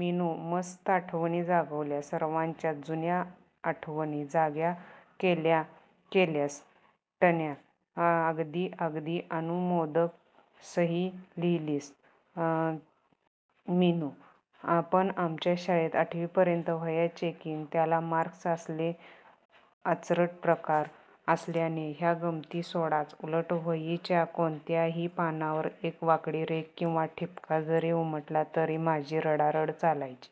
मीनुने मस्त आठवणी जागवल्या. सर्वांच्याच जुन्या आठवणी जाग्या केल्याससव्या, टण्या: अगदी अगदी.. अनुमोदकसही लिहिलस मिनू! पण आमच्या शाळेत आठवीपर्यंत वह्या चेकिंग त्याला मार्क्स असले आचरट प्रकार असल्याने ह्या गमती सोडाच उलट वहीच्या कोणत्याही पानावर एक वाकडी रेघ किंवा ठिपका जरी उमटला तरी माझी रडारड चालायची.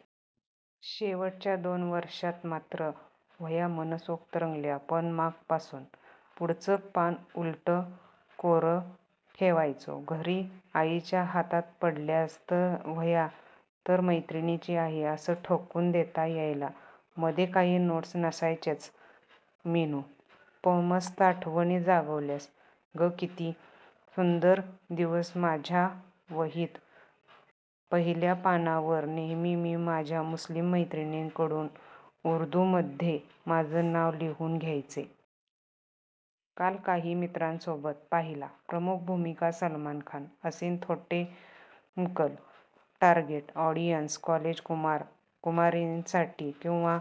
शेवटच्या दोन वर्षांत मात्र वह्या मनसोक्त रंगल्या पण मागपासून. पुढचं पान उलट कोरं ठेवायचो घरी आईच्या हातात पडल्याच वह्या तर मैत्रिणीची आहे असं ठोकून देता यायला. मधे काही नोट्स नसायच्याच: मीनु, मस्त आठवणी जागवल्यास गकित्ती सुंदर दिवसमाझ्या वहीत पहिल्या पानावर नेहमी मी माझ्या मुस्लिम मैत्रिणीकडुन उर्दुमध्ये माझं नाव लिहुन घ्यायचे. काल काही मित्रांसोबत!!! पाहिला. प्रमुख भुमिका: सलमान खान. असिन थोट्टुमकल. टारगेट ऑडियन्स: कॉलेजकुमार/कुमारींसाठी किंवा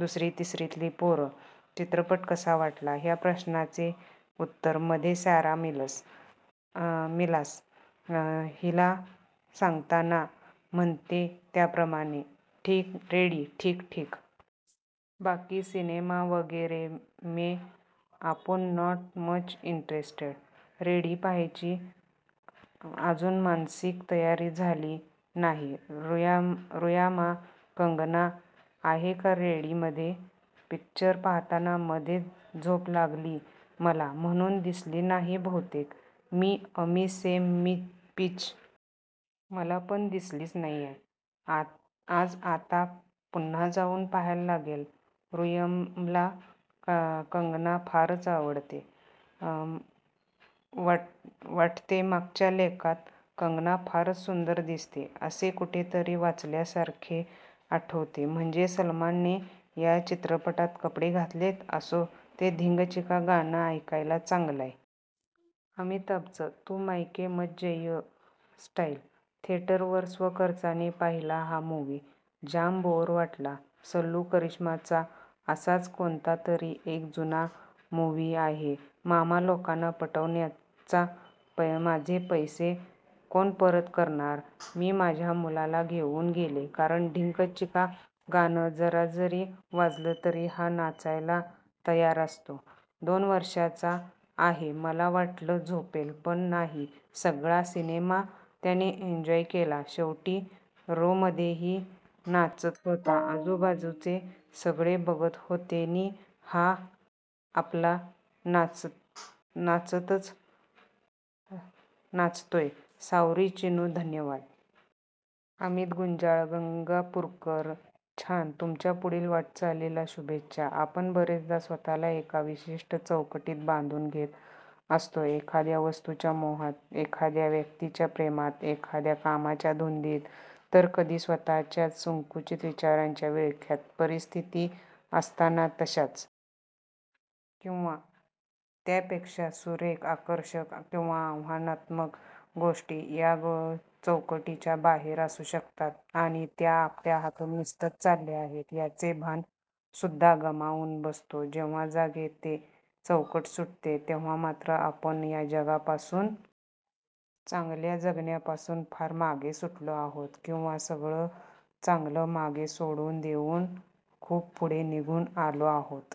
दुसरी-तिसरीतली पोरं. "चित्रपट कसा वाटला" ह्या प्रश्नाचे उत्तर मधे सॅरा मिलास, 'हीच' ला सांगताना म्हणते त्याप्रमाणे, ',! 'रेडी ठीक ठीक. बाकी सिनेमा वगैरे मे आपुन नॉट मच इंटरेस्टेड. रेडी पहायची अजून मानसिक तयारी झाली नाहीऋयामा, कंगना आहे का रेडि मध्ये???? पिक्चर पाहताना मध्येच झोप लागली मला म्हणून दिसली नाही बहुतेक. मी अमि सेम पिंच.. मला पण दिसलीच नाहीये. आज आता पुन्हा जाऊन पहायला लागेल. ऋयामला कंगना फारच आवडते वाटतेमागच्या लेखात कंगना फारच सुंदर दिसते असे कुठेतरी वाचल्या सारखे आठवतेम्हणजे, सलमान ने या चित्रपटात कपडे घातलेत?!! असो. ते धिंगचिका गाणं ऐकायला चांगलंय. अमिताभचं 'तू मैके मत जईयो' स्टाईल. थेटरवर, स्वखर्चाने पाहिला हा मूव्ही. जाम बोअर वाटला. सल्लू, करिश्माचा असाच कोणता तरी एक जुना मूव्ही आहे, मामा लोकांना पटवण्याचा. माझे पैसे कोण परत करणार??????????????????????????????????? मी माझ्या मुलाला घेउन गेलेकारण ढिंक चिका गाण जरा जरी वाजल तरी हा नाचायला तयार्सव्वा दोन वर्षाचा आहेमला वाटल झोपेल पण नाहीसगळा सेनेमा त्यानेएन्जॉय केलाशेवटी रो मधेही नाचत होताआजुबाजुचे सगळे बघत होते नी हा आपला नाचतोयसावरीचिन्नू, धन्यवाद. अमित गुंजाळ, गंगापूरकर. छानतुमच्या पुढील वाटचालीला शुभेच्छा. आपण बरेचदा स्वतःला एका विशिष्ट चौकटीत बांधून घेत असतोएखाद्या वस्तूच्या मोहात, एखाद्या व्यक्तीच्या प्रेमात, एखाद्या कामाच्या धुंदीत तर कधी स्वतःच्याच संकुचित विचारांच्या विळख्यातया परिस्थितीत असतांना तशाच किंवा त्यापेक्षा सुरेख आकर्षक किंवा आव्हानात्मक गोष्टी या चौकटीच्या बाहेर असू शकतात आणि त्या आपल्या हाथून निसटत चालल्या आहेत याचे भान सुद्धा गमावून बसतोजेव्हा जाग येते, चौकट सुटते तेव्हा मात्र आपण या जगापासून, चांगल्या जगण्यापासून फार मागे सुटलो आहोत किंवा सगळं चांगलं मागे सोडून देऊन खूप पुढे निघून आलो आहोत